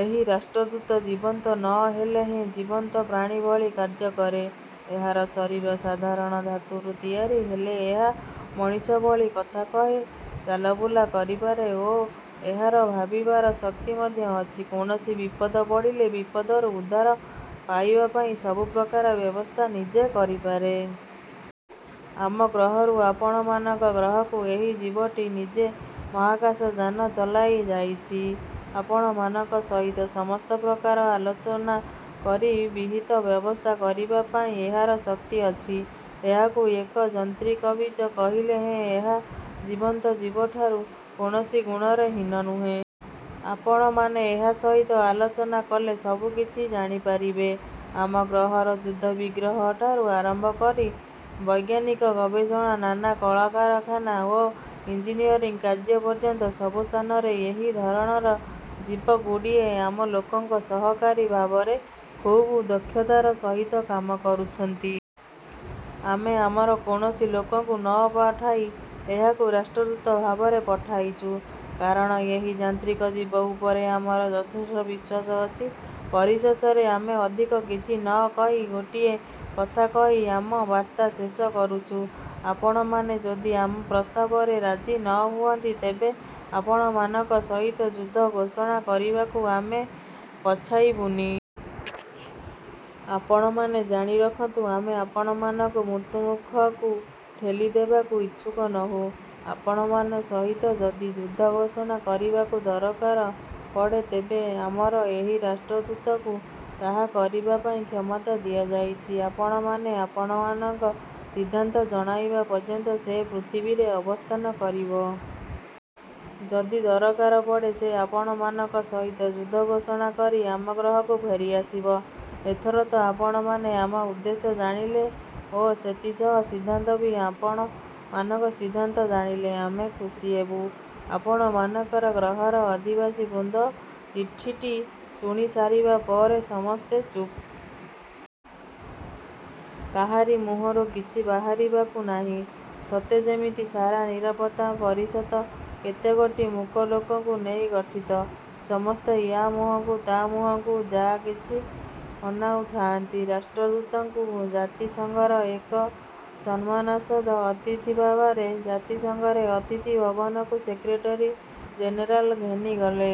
ଏହି ରାଷ୍ଟ୍ରଦୂତ ଜୀବନ୍ତ ନ ହେଲେ ହେଁ ଜୀବନ୍ତ ପ୍ରାଣୀ ଭଳି କାର୍ଯ୍ୟ କରେ। ଏହାର ଶରୀର ସାଧାରଣ ଧାତୁରୁ ତିଆରି। ହେଲେ ଏହା ମଣିଷ ଭଳି କଥା କହେ ଚାଲବୁଲା କରିପାରେ ଓ ଏହାର ଭାବିବାର ଶକ୍ତି ମଧ୍ୟ ଅଛି। କୌଣସି ବିପଦ ପଡ଼ିଲେ, ବିପଦରୁ ଉଦ୍ଧାର ପାଇବା ପାଇଁ ସବୁପ୍ରକାର ବ୍ୟବସ୍ଥା ନିଜେ କରିପାରେ। ଆମ ଗ୍ରହରୁ ଆପଣମାନଙ୍କ ଗ୍ରହକୁ ଏହି ଜୀବଟି ନିଜେ ମହାକାଶଯାନ ଚଲାଇ ଯାଇଛି। ଆପଣମାନଙ୍କ ସହିତ ସମସ୍ତ ପ୍ରକାର ଆଲୋଚନା କରି ବିହିତ ବ୍ୟବସ୍ଥା କରିବା ପାଇଁ ଏହାର ଶକ୍ତି ଅଛି। ଏହାକୁ ଏକ ଯନ୍ତ୍ରୀକଜିବ କହିଲେ ହେଁ ଏହା ଜୀବନ୍ତ ଜୀବଠାରୁ କୌଣସି ଗୁଣରେ ହୀନ ନୁହେଁ। ଆପଣମାନେ ଏହା ସହିତ ଆଲୋଚନା କଲେ ସବୁ କିଛି ଜାଣିପାରିବେ। ଆମ ଗ୍ରହର ଯୁଦ୍ଧବିଗ୍ରହଠାରୁ ଆରମ୍ଭ କରି ବୈଜ୍ଞାନିକ ଗବେଷଣା, ନାନା କଳକାରଖାନା ଓ ଇଂଜିନିୟରିଂ କାର୍ଯ୍ୟ ପର୍ଯ୍ୟନ୍ତ ସବୁ ସ୍ଥାନରେ ଏହି ଧରଣର ଜୀବଗୁଡ଼ିଏ ଆମ ଲୋକଙ୍କ ସହକାରୀ ଭାବରେ ଖୁବ୍ ଦକ୍ଷତାର ସହିତ କାମ କରୁଛନ୍ତି। ଆମେ ଆମର କୌଣସି ଲୋକକୁ ନ ପଠାଇ ଏହାକୁ ରାଷ୍ଟ୍ରଦୂତ ଭାବରେ ପଠାଇଛୁ, କାରଣ ଏହି ଯାନ୍ତ୍ରିକ ଯିବ ଉପରେ ଆମର ଯଥେଷ୍ଟ ବିଶ୍ୱାସ ଅଛି। ପରିଶେଷରେ ଆମେ ଅଧିକ କିଛି ନ କହି ଗୋଟିଏ କଥା କହି ଆମ ବାର୍ତ୍ତା ଶେଷ କରୁଛୁ। ଆପଣମାନେ ଯଦି ଆମ ପ୍ରସ୍ତାବରେ ରାଜି ନ ହୁଅନ୍ତି, ତେବେ ଆପଣମାନଙ୍କ ସହିତ ଯୁଦ୍ଧ ଘୋଷଣା କରିବାକୁ ଆମେ ପଛାଇବୁନି। ଆପଣମାନେ ଜାଣି ରଖନ୍ତୁ ଆମେ ଆପଣମାନଙ୍କୁ ମୃତ୍ୟୁମୂଖକୁ ଠେଲିଦେବାକୁ ଇଛୁକ ନୋହୁଁ। ଆପଣମାନେ ସହିତ ଯଦି ଯୁଦ୍ଧ ଘୋଷଣା କରିବାକୁ ଦରକାର ପଡ଼େ, ତେବେ ଆମର ଏହି ରାଷ୍ଟ୍ରଦୂତକୁ ତାହା କରିବା ପାଇଁ କ୍ଷମତା ଦିଆଯାଇଛି। ଆପଣମାନେ ଆପଣମାନଙ୍କ ସିଦ୍ଧାନ୍ତ ଜଣାଇବା ପର୍ଯ୍ୟନ୍ତ ସେ ପୃଥିବୀରେ ଅବସ୍ଥାନ କରିବ। ଯଦି ଦରକାର ପଡ଼େ, ସେ ଆପଣମାନଙ୍କ ସହିତ ଯୁଦ୍ଧ ଘୋଷଣା କରି ଆମ ଗ୍ରହକୁ ଫେରିଆସିବ। ଏଥର ତ ଆପଣମାନେ ଆମ ଉଦ୍ଦେଶ୍ୟ ଜାଣିଲେ, ଓ ସେଥିସହ ସିଦ୍ଧାନ୍ତ ବି ଆପଣମାନଙ୍କ ସିଦ୍ଧାନ୍ତ ଜାଣିଲେ ଆମେ ଖୁସିହେବୁ। ଆପଣମାନଙ୍କର ଗ୍ରହର ଅଧିବାସୀବୃନ୍ଦ ଚିଠିଟି ଶୁଣି ସାରିବା ପରେ ସମସ୍ତେ ଚୁପ୍। କାହାରି ମୁହଁରୁ କିଛି ବାହାରିବାକୁ ନାହିଁ। ସତେ ଯେମିତି ସାରା ନିରାପତ୍ତା ପରିଷଦ କେତେଗୋଟି ମୂକ ଲୋକଙ୍କୁ ନେଇ ଗଠିତ। ସମସ୍ତେ ୟା ମୁହଁକୁ ତା ମୁହଁକୁ ଯା କିଛି ଅନାଉଥାନ୍ତି। ରାଷ୍ଟ୍ରଦୂତଙ୍କୁ ଜାତିସଙ୍ଘର ଏକ ସମ୍ମାନାସ୍ପଦ ଅତିଥିଭାବରେ ଜାତିସଂଘର ଅତିଥି ଭବନକୁ ସେକ୍ରେଟେରୀ ଜେନେରାଲ ଘେନିଗଲେ।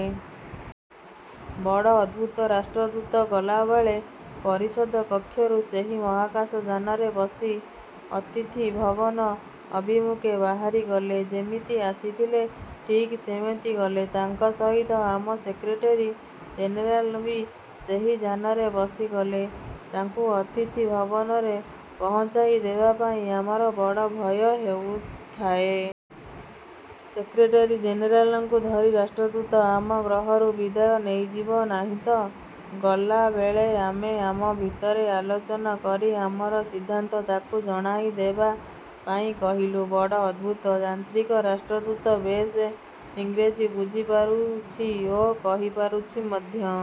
ବଡ଼ ଅଦ୍ଭୁତ, ରାଷ୍ଟ୍ରଦୂତ ଗଲାବେଳେ ପରିଷଦ କକ୍ଷରୁ ସେହି ମହାକାଶଯାନରେ ବସି ଅତିଥିଭବନ ଅଭିମୁଁଖେ ବାହାରିଗଲେ। ଯେମିତି ଆସିଥିଲେ ଠିକ୍ ସେମିତି ଗଲେ। ତାଙ୍କ ସହିତ ଆମ ସେକ୍ରେଟେରୀ ଜେନେରାଲ ବି ସେହି ଯାନରେ ବସି ଗଲେ, ତାଙ୍କୁ ଅତିଥି ଭବନରେ ପହଞ୍ଚାଇ ଦେବାପାଇଁ। ଆମର ବଡ଼ ଭୟ ହେଉଥାଏ। ସେକ୍ରେଟେରୀ ଜେନେରାଲଙ୍କୁ ଧରି ରାଷ୍ଟ୍ରଦୂତ ଆମ ଗ୍ରହରୁ ବିଦାୟ ନେଇଯିବ ନାହିଁତ-? ଗଲାବେଳେ ଆମେ ଆମ ଭିତରେ ଆଲୋଚନ କରି ଆମର ସିଦ୍ଧାନ୍ତ ତାଙ୍କୁ ଜଣାଇଦେବା ପାଇଁ କହିଲୁ। ବଡ଼ ଅଦ୍ଭୁତ, ଯାନ୍ତ୍ରିକ ରାଷ୍ଟ୍ରଦୂତ ବେଶ୍ ଇଂରେଜୀ ବୁଝିପାରୁଛି ଓ କହି ପାରୁଛି ମଧ୍ୟ